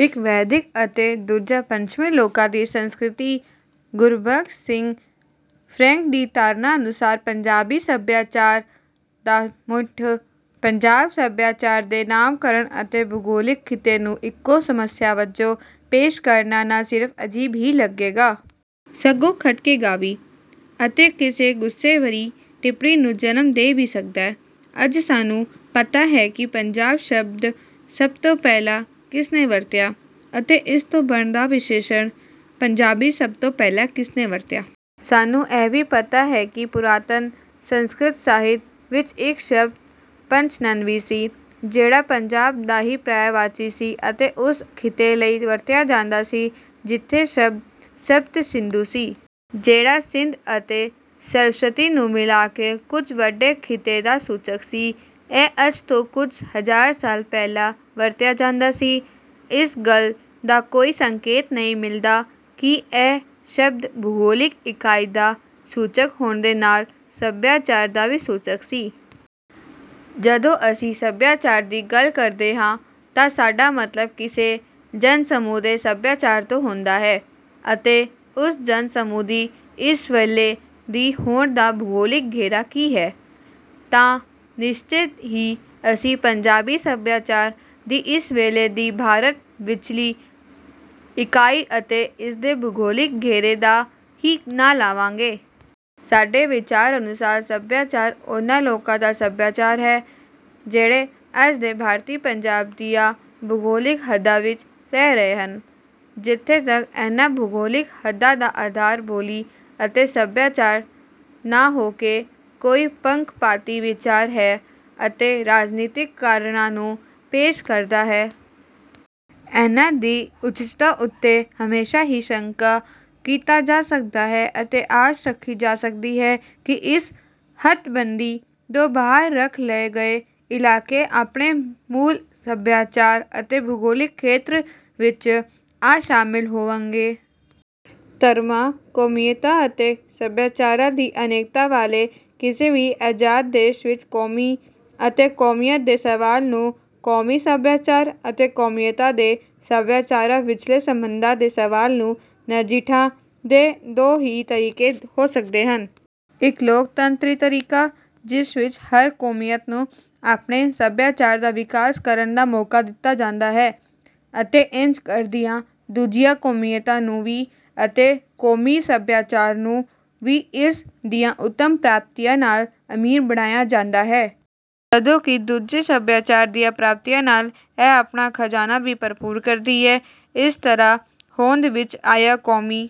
ਇੱਕ ਵੈਦਿਕ ਅਤੇ ਦੂਜਾ ਪੱਛਮੀ ਲੋਕਾਂ ਦੀ ਸੰਸਕ੍ਰਿਤੀ। ਗੁਰਬਖਸ਼ ਸਿੰਘ ਫਰੈਂਕ ਦੀ ਧਾਰਨਾ ਅਨੁਸਾਰ ਪੰਜਾਬੀ ਸੱਭਿਆਚਾਰ ਦਾ ਮੁੱਢ। ਪੰਜਾਬ ਸੱਭਿਆਚਾਰ ਦੇ ਨਾਮਕਰਨ ਅਤੇ ਭੂਗੋਲਿਕ ਖਿੱਤੇ ਨੂੰ ਇੱਕੋ ਸਮੱਸਿਆ ਵਜੋਂ ਪੇਸ਼ ਕਰਨਾ ਨਾ ਸਿਰਫ ਅਜੀਬ ਹੀ ਲੱਗੇਗਾ। ਸਗੋਂ ਖਟਕੇਗਾ ਵੀ ਅਤੇ ਕਿਸੇ ਗੁੱਸੇ ਭਰੀ ਟਿੱਪਣੀ ਨੂੰ ਜਨਮ ਦੇ ਵੀ ਸਕਦਾ ਹੈ। ਅੱਜ ਸਾਨੂੰ ਪਤਾ ਹੈ ਕਿ ਪੰਜਾਬ ਸ਼ਬਦ ਸਭ ਤੋਂ ਪਹਿਲਾਂ ਕਿਸਨੇ ਵਰਤਿਆ ਅਤੇ ਇਸ ਤੋਂ ਬਣਦਾ ਵਿਸ਼ੇਸ਼ਣ ਪੰਜਾਬੀ ਸਭ ਤੋਂ ਪਹਿਲਾਂ ਕਿਸ ਨੇ ਵਰਤਿਆ। ਸਾਨੂੰ ਇਹ ਵੀ ਪਤਾ ਹੈ ਕਿ ਪੁਰਾਤਨ ਸੰਸਕ੍ਰਿਤ ਸਾਹਿਤ ਵਿੱਚ ਇੱਕ ਸ਼ਬਦ ਪੰਚਨਦ ਵੀ ਸੀ। ਜਿਹੜਾ ਪੰਜਾਬ ਦਾ ਹੀ ਪਰਿਆਇਵਾਚੀ ਸੀ ਅਤੇ ਉਸ ਖਿੱਤੇ ਲਈ ਵਰਤਿਆ ਜਾਂਦਾ ਸੀ ਜਿੱਥੇ ਸ਼ਬਦ ਸਪਤ ਸਿੰਧੂ ਸੀ। ਜਿਹੜਾ ਸਿੰਧ ਅਤੇ ਸਰਸਵਤੀ ਨੂੰ ਮਿਲਾ ਕੇ ਕੁੱਝ ਵੱਡੇ ਖਿੱਤੇ ਦਾ ਸੂਚਕ ਸੀ। ਇਹ ਅੱਜ ਤੋਂ ਕੁੱਝ ਹਜ਼ਾਰ ਸਾਲ ਪਹਿਲਾਂ ਵਰਤਿਆ ਜਾਂਦਾ ਸੀ। ਇਸ ਗੱਲ ਦਾ ਕੋਈ ਸੰਕੇਤ ਨਹੀਂ ਮਿਲਦਾ ਕਿ ਇਹ ਸ਼ਬਦ ਭੂਗੋਲਿਕ ਇਕਾਈ ਦਾ ਸੂਚਕ ਹੋਣ ਦੇ ਨਾਲ ਸੱਭਿਆਚਾਰ ਦਾ ਵੀ ਸੂਚਕ ਸੀ। ਜਦੋਂ ਅਸੀਂ ਸੱਭਿਆਚਾਰ ਦੀ ਗੱਲ ਕਰਦੇ ਹਾਂ ਤਾਂ ਸਾਡਾ ਮਤਲਬ ਕਿਸੇ ਜਨ ਸਮੂਹ ਦੇ ਸੱਭਿਆਚਾਰ ਤੋਂ ਹੁੰਦਾ ਹੈ ਅਤੇ ਉਸ ਜਨ ਸਮੂਹ ਦੀ ਇਸ ਵੇਲੇ ਦੀ ਹੋਂਦ ਦਾ ਭੂਗੋਲਿਕ ਘੇਰਾ ਕੀ ਹੈ। ਤਾਂ ਨਿਸਚੇ ਹੀ ਅਸੀਂ ਪੰਜਾਬੀ ਸੱਭਿਆਚਾਰ ਦੀ ਇਸ ਵੇਲੇ ਦੀ ਭਾਰਤ ਵਿੱਚਲੀ ਇਕਾਈ ਅਤੇ ਇਸਦੇ ਭੂਗੋਲਿਕ ਘੇਰੇ ਦਾ ਹੀ ਨਾਂ ਲਵਾਂਗੇ। ਸਾਡੇ ਵਿਚਾਰ ਅਨੁਸਾਰ ਸੱਭਿਆਚਾਰ ਉਨ੍ਹਾਂ ਲੋਕਾਂ ਦਾ ਸੱਭਿਆਚਾਰ ਹੈ। ਜਿਹੜੇ ਅੱਜ ਦੇ ਭਾਰਤੀ ਪੰਜਾਬ ਦੀਆਂ ਭੂਗੋਲਿਕ ਹੱਦਾਂ ਵਿੱਚ ਰਹਿ ਰਹੇ ਹਨ। ਜਿੱਥੇ ਤੱਕ ਇਹਨਾਂ ਭੂਗੋਲਿਕ ਹੱਦਾਂ ਦਾ ਆਧਾਰ ਬੋਲੀ ਅਤੇ ਸੱਭਿਆਚਾਰ ਨਾ ਹੋ ਕੇ ਕੋਈ ਪੱਖਪਾਤੀ ਵਿਚਾਰ ਹੈ ਅਤੇ ਰਾਜਨੀਤਿਕ ਕਾਰਨਾਂ ਨੂੰ ਪੇਸ਼ ਕਰਦਾ ਹੈ। ਇਹਨਾਂ ਦੀ ਉਚਿਤਤਾ ਉੱਤੇ ਹਮੇਸ਼ਾ ਹੀ ਸ਼ੰਕਾ ਕੀਤਾ ਜਾ ਸਕਦਾ ਹੈ ਅਤੇ ਆਸ ਰੱਖੀ ਜਾ ਸਕਦੀ ਹੈ ਕਿ ਇਸ ਹੱਦਬੰਦੀ ਤੋਂ ਬਾਹਰ ਰੱਖ ਲਏ ਗਏ ਇਲਾਕੇ ਆਪਣੇ ਮੂਲ ਸੱਭਿਆਚਾਰ ਅਤੇ ਭੂਗੋਲਿਕ ਖੇਤਰ ਵਿੱਚ ਆ ਸ਼ਾਮਿਲ ਹੋਵਣਗੇ। ਧਰਮਾਂ ਕੌਮੀਅਤਾਂ ਅਤੇ ਸੱਭਿਆਚਾਰਾਂ ਦੀ ਅਨੇਕਤਾ ਵਾਲੇ ਕਿਸੇ ਵੀ ਅਜ਼ਾਦ ਦੇਸ਼ ਵਿੱਚ ਕੌਮੀ ਅਤੇ ਕੌਮੀਅਤ ਦੇ ਸਵਾਲ ਨੂੰ ਕੌਮੀ ਸੱਭਿਆਚਾਰ ਅਤੇ ਕੌਮੀਅਤਾਂ ਦੇ ਸੱਭਿਆਚਾਰਾਂ ਵਿੱਚਲੇ ਸਬੰਧਾਂ ਦੇ ਸਵਾਲ ਨੂੰ ਨਜਿੱਠਣ ਦੇ ਦੋ ਹੀ ਤਰੀਕੇ ਹੋ ਸਕਦੇ ਹਨ। ਇੱਕ ਲੋਕਤੰਤਰੀ ਤਰੀਕਾ ਜਿਸ ਵਿੱਚ ਹਰ ਕੌਮੀਅਤ ਨੂੰ ਆਪਣੇ ਸੱਭਿਆਚਾਰ ਦਾ ਵਿਕਾਸ ਕਰਨ ਦਾ ਮੌਕਾ ਦਿੱਤਾ ਜਾਂਦਾ ਹੈ ਅਤੇ ਇੰਜ ਕਰਦਿਆਂ ਦੂਜੀਆਂ ਕੌਮੀਅਤਾਂ ਨੂੰ ਵੀ ਅਤੇ ਕੌਮੀ ਸੱਭਿਆਚਾਰ ਨੂੰ ਵੀ ਇਸ ਦੀਆਂ ਉੱਤਮ ਪ੍ਰਾਪਤੀਆਂ ਨਾਲ ਅਮੀਰ ਬਣਾਇਆ ਜਾਂਦਾ ਹੈ। ਜਦੋਂ ਕਿ ਦੂਜੇ ਸੱਭਿਆਚਾਰ ਦੀਆਂ ਪ੍ਰਾਪਤੀਆਂ ਨਾਲ ਇਹ ਆਪਣਾ ਖਜ਼ਾਨਾ ਵੀ ਭਰਪੂਰ ਕਰਦੀ ਹੈ। ਇਸ ਤਰ੍ਹਾਂ ਹੋਂਦ ਵਿੱਚ ਆਇਆ ਕੌਮੀ